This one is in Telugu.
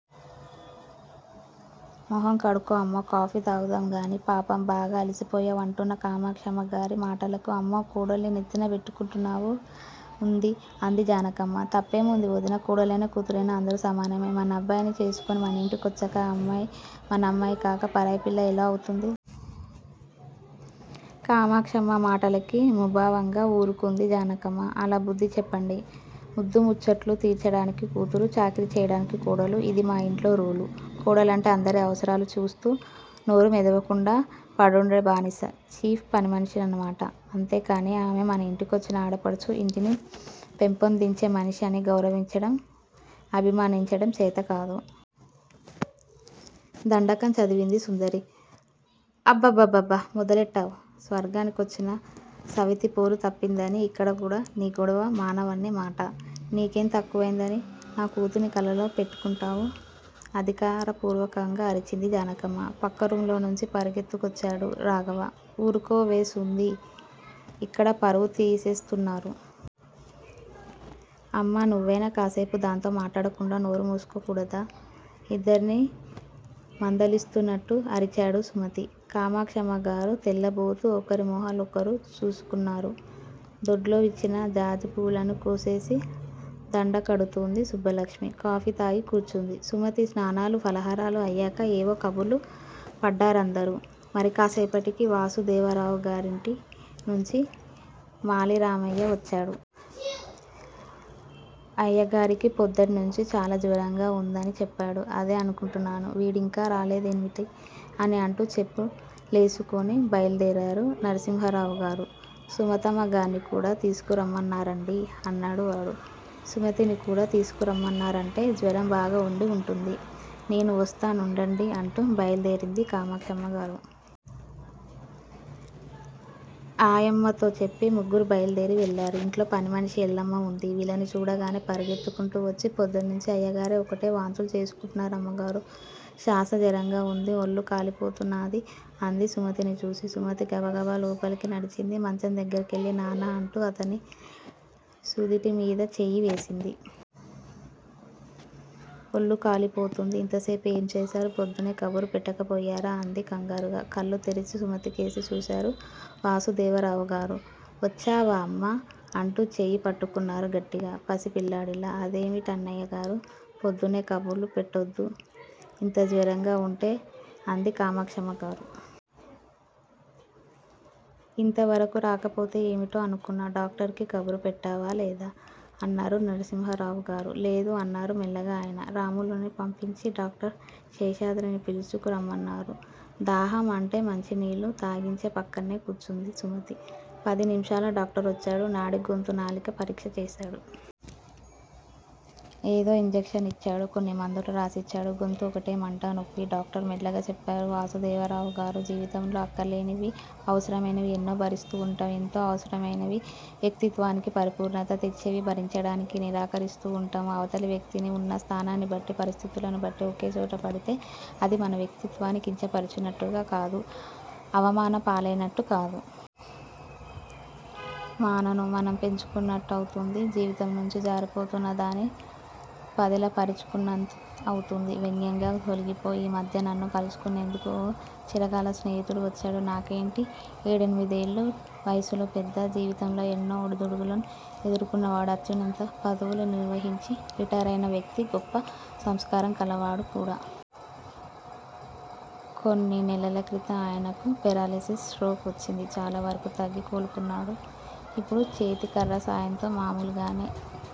మొహం కడుక్కో అమ్మా కాఫీ తాగుదువుగానీ, పాపం! బాగా అలసిపోయావ్ అంటూన్న కామాక్షమ్మగారి మాటలకి అమ్మో కోడల్ని నెత్తిన బెట్టుకున్నట్టున్నావల్లే వుందే అంది జానకమ్మ. తప్పేముంది వదినా! కోడలైనా కూతురైనా అందరూ సమానమే. మనబ్బాయిని చేసుకుని మనింటికొచ్చాక ఆ అమ్మాయి మన అమ్మాయికాక పరాయిపిల్ల ఎలా అవుతుంది? కామాక్షమ్మ మాటలకి ముభావంగా ఊరుకుంది జానకమ్మ. అలా బుద్ది చెప్పండి. ముద్దూముచ్చట్లు తీర్చాడానికి కూతురూ, చాకిరీ చెయ్యడానికి కోడలూ. ఇదీ మా ఇంట్లో రూలు. కోడలంటే అందరి అవసరాలూ చూస్తూ, నోరు మొదపకుండా పడుండే బానిస. 'చీఫ్' పనిమనిషన్నమాట. అంతేకానీ, ఆమె మన ఇంటికొచ్చిన ఆడపడుచు, ఇంటిని పెంపొందించే మనిషి అని గౌరవించడం, అభిమానించడం చేతకాదు. దండకం చదివింది సుందరి. అ బ్బ బ్బ బ్బ మొదలెట్టావ్? స్వర్గాని కొచ్చినా సవతిపోరు తప్పదనీ, ఇక్కడా నీ గొడవ మానవన్న మాట. నీకేం తక్కువయిందని, నా కూతుర్ని కళ్ళల్లో పెట్టుకుంటావు అధికారపూర్వకంగా అరిచింది జానకమ్మ. పక్క రూములోనుంచి పరుగెత్తుకొచ్చాడు రాఘవ. ఊరుకోవే సుందీ ఇక్కడా పరువు తీసేస్తున్నారు. అమ్మా నువ్వైనా కాస్సేపు దాంతో మాట్లాడకుండా నోరు మూసుకోకూడదూ? ఇద్దరినీ మందలిస్తూన్నట్టు అరిచాడు. సుమతీ, కామాక్షమ్మగారు తెల్లబోతూ ఒకరిమొహ లోకరు చూసుకున్నారు. దొడ్లో విచ్చిన జాజిపూలన్నీ కోసేసి దండకడుతోంది సుబ్బలక్ష్మి, కాఫీ తాగి కూర్చుంది. సుమతి. స్నానాలూ, ఫలహారాలు అయ్యాక ఏవో కబుర్లలో పడ్డారందరూ. మరికాస్సేపటికి వాసుదేవరావుగారింటి నుంచి మాలిరామయ్య వచ్చాడు. అయ్యాగారికి పొద్దుటినుంచీ చాలా జ్వరంగా వుంద ని చెప్పాడు. అదే అనుకుంటున్నాను, వీడింకా రాలేదేమిటా అని అంటూ చెప్పు లేసుకుని బయలుదేరారు నరసింహరావుగారు. సుమతమ్మగార్ని కూడా తీసుకురమ్మన్నారండీ అన్నాడువాడు. సుమతినికూడా తీసుకురమ్మన్నారంటే, జ్వరం బాగా వుండి వుంటుంది. నేనూ వస్తా నుండండి అంటూ బయలుదేరింది కామాక్షమ్మగారు. ఆయమ్మతో చెప్పి ముగ్గురూ బయలుదేరి వెళ్ళారు. ఇంట్లో పనిమనిషి ఎల్లమ్మ వుంది. వీళ్ళని చూడగానే పరుగెత్తుకుంటూ వచ్చి పొద్దునుంచీ అయ్యాగారు ఒకటే వాంతులు చేసుకుంటున్నారమ్మగోరూ శాస జరంగా వుంది. ఒల్లు కాలిపోతన్నాది అంది సుమతిని చూసి. సుమతి గబగబా లోపలికి నడిచింది. మంచం దగ్గరికెళ్ళి నాన్నా అంటూ అతని సుదుటిమీద చెయ్యి వేసింది. ఒళ్ళు కాలిపోతోంది. ఇంతసేపు ఏం చేశారూ? పొద్దున్నే కబురు పెట్టకపోయారా? అంది కంగారుగా. కళ్ళు తెరచి సుమతికేసి చూశారు వాసుదేవరావుగారు. వచ్చావా అమ్మా అంటూ చెయ్యి పట్టుకున్నారు గట్టిగా పసి పిల్లాడిలా. అదేమి టన్నయ్యగారూ, పొద్దున్నే కబురు పెట్టోద్దూ, ఇంత జ్వరంగా వుంటే అంది కామాక్షమ్మగారు. ఇంతవరకూ రాకపోతే ఏమిటో అనుకున్నా. డాక్టర్ కి కబురుపెట్టావా లేదా? అన్నారు నరసింహరావుగారు. లేదు అన్నారు మెల్లగా ఆయన. రాములుని పంపించి డాక్టర్ శేషాద్రిని పిలుచుకు రమ్మన్నారు. దాహం అంటే మంచినీళ్ళు తాగించి పక్కనే కూర్చుంది సుమతి. పది నిమిషాల్లో డాక్టరోచ్చాడు. నాడీ, గొంతు, నాలిక పరీక్ష చేశాడు. ఏదో ఇంజక్ష నిచ్చాడు. కొన్ని మందులు రాసిచ్చాడు. గొంతు ఒకటే మంట, నొప్పి డాక్టర్ మెల్లగా చెప్పారు వాసుదేవరావుగారు. జీవితంలో అక్కర్లేనివీ, అనవసరమైనవీ ఎన్నో భరిస్తూ వుంటాం ఎంతో అవసరమైనవీ, వ్యక్తిత్వానికి పరిపూర్ణత తెచ్చేవీ భరించడానికి నిరాకరిస్తూ వుంటాం. అవతలి వ్యక్తికి వున్న స్థానాన్నిబట్టీ, పరిస్థితులను బట్టీ ఒకమాట పడితే, అది మన వ్యక్తిత్వాన్ని కించపరచుకున్నట్టు కాదు, అవమానం పాలైనట్టుకాదు. మానను మనం పెంచుకున్నట్టవుతుంది. జీవితంనుంచి జారిపోతూన్న దాన్ని పదిలపరచుకున్నట్టవుతుంది. వ్యంగ్యమా! తొలగిపో! ఈ మధ్య నన్ను కలుసుకునేందుకు ఓ చిరకాల స్నేహితుడు వచ్చాడు. నాకంటే ఏడెమినిదేళ్ళు వయసులో పెద్ద. జీవితంలో ఎన్నో ఒడిదుడికులు ఎదుర్కున్నవాడు. అత్యున్నత పదవులు నిర్వహించి, రిటైరైన వ్యక్తి గొప్ప సంస్కారం కలవాడు కూడా. కొన్ని నెలలక్రితం ఆయనకు పెరాలిసిస్ స్ట్రోక్ వచ్చింది. చాలావరకూ తగ్గి, కోలుకున్నాడు. ఇప్పుడు చేతికర్ర సాయంతో మామూలుగానే